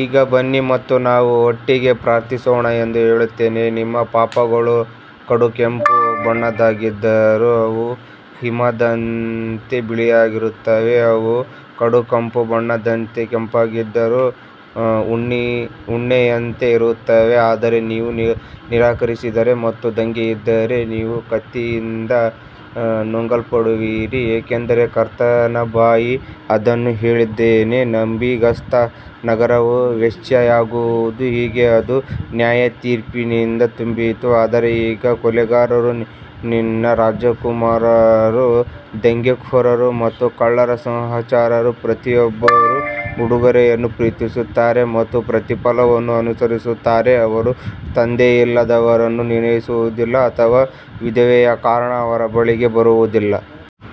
ಈಗ ಬನ್ನಿ ಮತ್ತು ನಾವು ಒಟ್ಟಿಗೆ ಪ್ರಾರ್ಥಿಸೋಣ ಎಂದು ಹೇಳುತ್ತಾನೆ ನಿಮ್ಮ ಪಾಪಗಳು ಕಡುಗೆಂಪು ಬಣ್ಣದ್ದಾಗಿದ್ದರೂ ಅವು ಹಿಮದಂತೆ ಬಿಳಿಯಾಗಿರುತ್ತವೆ, ಅವು ಕಡುಗೆಂಪು ಬಣ್ಣದಂತೆ ಕೆಂಪಾಗಿದ್ದರೂ ಉಣ್ಣೆಯಂತೆ ಇರುತ್ತವೆ ಆದರೆ ನೀವು ನಿರಾಕರಿಸಿದರೆ ಮತ್ತು ದಂಗೆಯೆದ್ದರೆ ನೀವು ಕತ್ತಿಯಿಂದ ನುಂಗಲ್ಪಡುವಿರಿ, ಏಕೆಂದರೆ ಕರ್ತನ ಬಾಯಿ ಅದನ್ನು ಹೇಳಿದ್ದಾನೆ ನಂಬಿಗಸ್ತ ನಗರವು ವೇಶ್ಯೆಯಾಗುವುದು ಹೇಗೆ ಅದು ನ್ಯಾಯತೀರ್ಪಿನಿಂದ ತುಂಬಿತ್ತು ಆದರೆ ಈಗ ಕೊಲೆಗಾರರು ನಿನ್ನ ರಾಜಕುಮಾರರು ದಂಗೆಕೋರರು ಮತ್ತು ಕಳ್ಳರ ಸಹಚರರು ಪ್ರತಿಯೊಬ್ಬರೂ ಉಡುಗೊರೆಗಳನ್ನು ಪ್ರೀತಿಸುತ್ತಾರೆ ಮತ್ತು ಪ್ರತಿಫಲವನ್ನು ಅನುಸರಿಸುತ್ತಾರೆ ಅವರು ತಂದೆಯಿಲ್ಲದವರನ್ನು ನಿರ್ಣಯಿಸುವುದಿಲ್ಲ ಅಥವಾ ವಿಧವೆಯ ಕಾರಣ ಅವರ ಬಳಿಗೆ ಬರುವುದಿಲ್ಲ.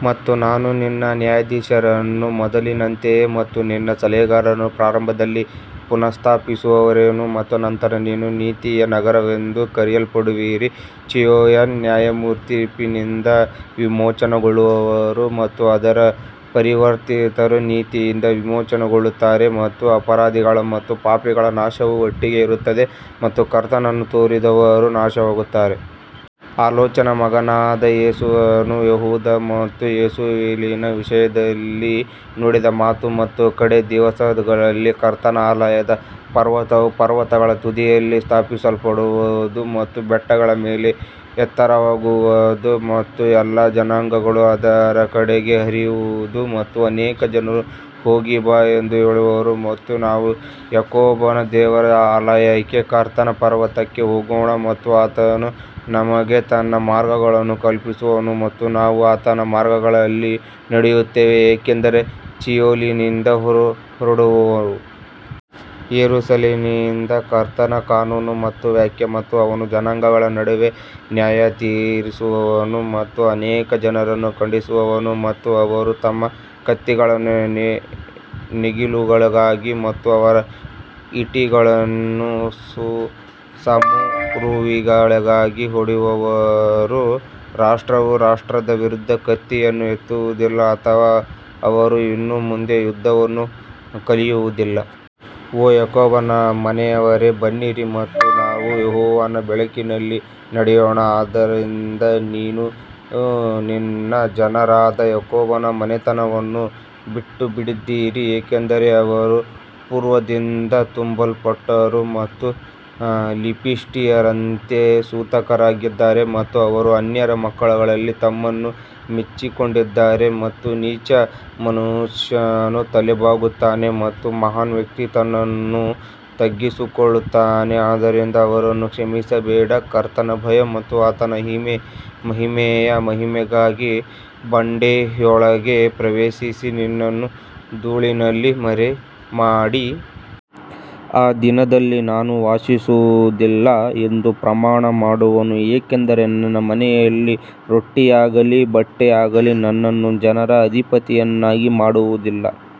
ಮತ್ತು ನಾನು ನಿನ್ನ ನ್ಯಾಯಾಧೀಶರನ್ನು ಮೊದಲಿನಂತೆಯೇ ಮತ್ತು ನಿನ್ನ ಸಲಹೆಗಾರರನ್ನು ಪ್ರಾರಂಭದಲ್ಲಿ ಪುನಸ್ಸ್ಥಾಪಿಸುವೆನು ಮತ್ತು ನಂತರ ನೀನು ನೀತಿಯ ನಗರವೆಂದು ಕರೆಯಲ್ಪಡುವಿ ಚೀಯೋನ್ ನ್ಯಾಯತೀರ್ಪಿನಿಂದ ವಿಮೋಚನೆಗೊಳ್ಳುವರು ಮತ್ತು ಅದರ ಪರಿವರ್ತಿತರು ನೀತಿಯಿಂದ ವಿಮೋಚನೆಗೊಳ್ಳುತ್ತಾರೆ ಮತ್ತು ಅಪರಾಧಿಗಳ ಮತ್ತು ಪಾಪಿಗಳ ನಾಶವು ಒಟ್ಟಿಗೆ ಇರುತ್ತದೆ ಮತ್ತು ಕರ್ತನನ್ನು ತೊರೆದವರು ನಾಶವಾಗುತ್ತಾರೆ. ಆಮೋಚನ ಮಗನಾದ ಯೆಶಾಯನು ಯೆಹೂದ ಮತ್ತು ಯೆರೂಸಲೇಮಿನ ವಿಷಯದಲ್ಲಿ ನೋಡಿದ ಮಾತು ಮತ್ತು ಕಡೇ ದಿವಸಗಳಲ್ಲಿ ಕರ್ತನ ಆಲಯದ ಪರ್ವತವು ಪರ್ವತಗಳ ತುದಿಯಲ್ಲಿ ಸ್ಥಾಪಿಸಲ್ಪಡುವದು ಮತ್ತು ಬೆಟ್ಟಗಳ ಮೇಲೆ ಎತ್ತರವಾಗುವದು ಮತ್ತು ಎಲ್ಲಾ ಜನಾಂಗಗಳು ಅದರ ಕಡೆಗೆ ಹರಿಯುವವು. ಮತ್ತು ಅನೇಕ ಜನರು ಹೋಗಿ ಬಾ ಎಂದು ಹೇಳುವರು ಮತ್ತು ನಾವು ಯಾಕೋಬನ ದೇವರ ಆಲಯಕ್ಕೆ ಕರ್ತನ ಪರ್ವತಕ್ಕೆ ಹೋಗೋಣ ಮತ್ತು ಆತನು ನಮಗೆ ತನ್ನ ಮಾರ್ಗಗಳನ್ನು ಕಲಿಸುವನು ಮತ್ತು ನಾವು ಆತನ ಮಾರ್ಗಗಳಲ್ಲಿ ನಡೆಯುತ್ತೇವೆ ಏಕೆಂದರೆ ಚೀಯೋನಿನಿಂದ ಹೊರಡುವವು. ಯೆರೂಸಲೇಮಿನಿಂದ ಕರ್ತನ ಕಾನೂನು ಮತ್ತು ವಾಕ್ಯ ಮತ್ತು ಅವನು ಜನಾಂಗಗಳ ನಡುವೆ ನ್ಯಾಯತೀರಿಸುವನು ಮತ್ತು ಅನೇಕ ಜನರನ್ನು ಖಂಡಿಸುವನು ಮತ್ತು ಅವರು ತಮ್ಮ ಕತ್ತಿಗಳನ್ನು ನೇಗಿಲುಗಳಾಗಿ ಮತ್ತು ಅವರ ಈಟಿಗಳನ್ನು ಸಮರುವಿಕೆಗಳಾಗಿ ಹೊಡೆಯುವರು ರಾಷ್ಟ್ರವು ರಾಷ್ಟ್ರದ ವಿರುದ್ಧ ಕತ್ತಿಯನ್ನು ಎತ್ತುವುದಿಲ್ಲ ಅಥವಾ ಅವರು ಇನ್ನು ಮುಂದೆ ಯುದ್ಧವನ್ನು ಕಲಿಯುವುದಿಲ್ಲ. ಓ ಯಾಕೋಬನ ಮನೆಯವರೇ ಬನ್ನಿರಿ ಮತ್ತು ನಾವು ಯೆಹೋವನ ಬೆಳಕಿನಲ್ಲಿ ನಡೆಯೋಣ ಆದದರಿಂದ ನೀನು ನಿನ್ನ ಜನರಾದ ಯಾಕೋಬನ ಮನೆತನವನ್ನು ಬಿಟ್ಟುಬಿಟ್ಟಿದ್ದೀ, ಏಕೆಂದರೆ ಅವರು ಪೂರ್ವದಿಂದ ತುಂಬಲ್ಪಟ್ಟರು ಮತ್ತು ಫಿಲಿಷ್ಟಿಯರಂತೆ ಸೂತಕರಾಗಿದ್ದಾರೆ ಮತ್ತು ಅವರು ಅನ್ಯರ ಮಕ್ಕಳಲ್ಲಿ ತಮ್ಮನ್ನು ಮೆಚ್ಚಿಕೊಂಡಿದ್ದಾರೆ. ಮತ್ತು ನೀಚ ಮನುಷ್ಯನು ತಲೆಬಾಗುತ್ತಾನೆ ಮತ್ತು ಮಹಾನ್ ವ್ಯಕ್ತಿ ತನ್ನನ್ನು ತಗ್ಗಿಸಿಕೊಳ್ಳುತ್ತಾನೆ ಆದ್ದರಿಂದ ಅವರನ್ನು ಕ್ಷಮಿಸಬೇಡ ಕರ್ತನ ಭಯ ಮತ್ತು ಆತನ ಮಹಿಮೆಯ ಮಹಿಮೆಗಾಗಿ ಬಂಡೆಯೊಳಗೆ ಪ್ರವೇಶಿಸಿ ನಿನ್ನನ್ನು ಧೂಳಿನಲ್ಲಿ ಮರೆಮಾಡಿ. ಆ ದಿನದಲ್ಲಿ ನಾನು ವಾಸಿಯಾಗುವುದಿಲ್ಲ ಎಂದು ಪ್ರಮಾಣ ಮಾಡುವನು, ಏಕೆಂದರೆ ನನ್ನ ಮನೆಯಲ್ಲಿ ರೊಟ್ಟಿಯಾಗಲಿ ಬಟ್ಟೆಯಾಗಲಿ ನನ್ನನ್ನು ಜನರ ಅಧಿಪತಿಯನ್ನಾಗಿ ಮಾಡುವುದಿಲ್ಲ.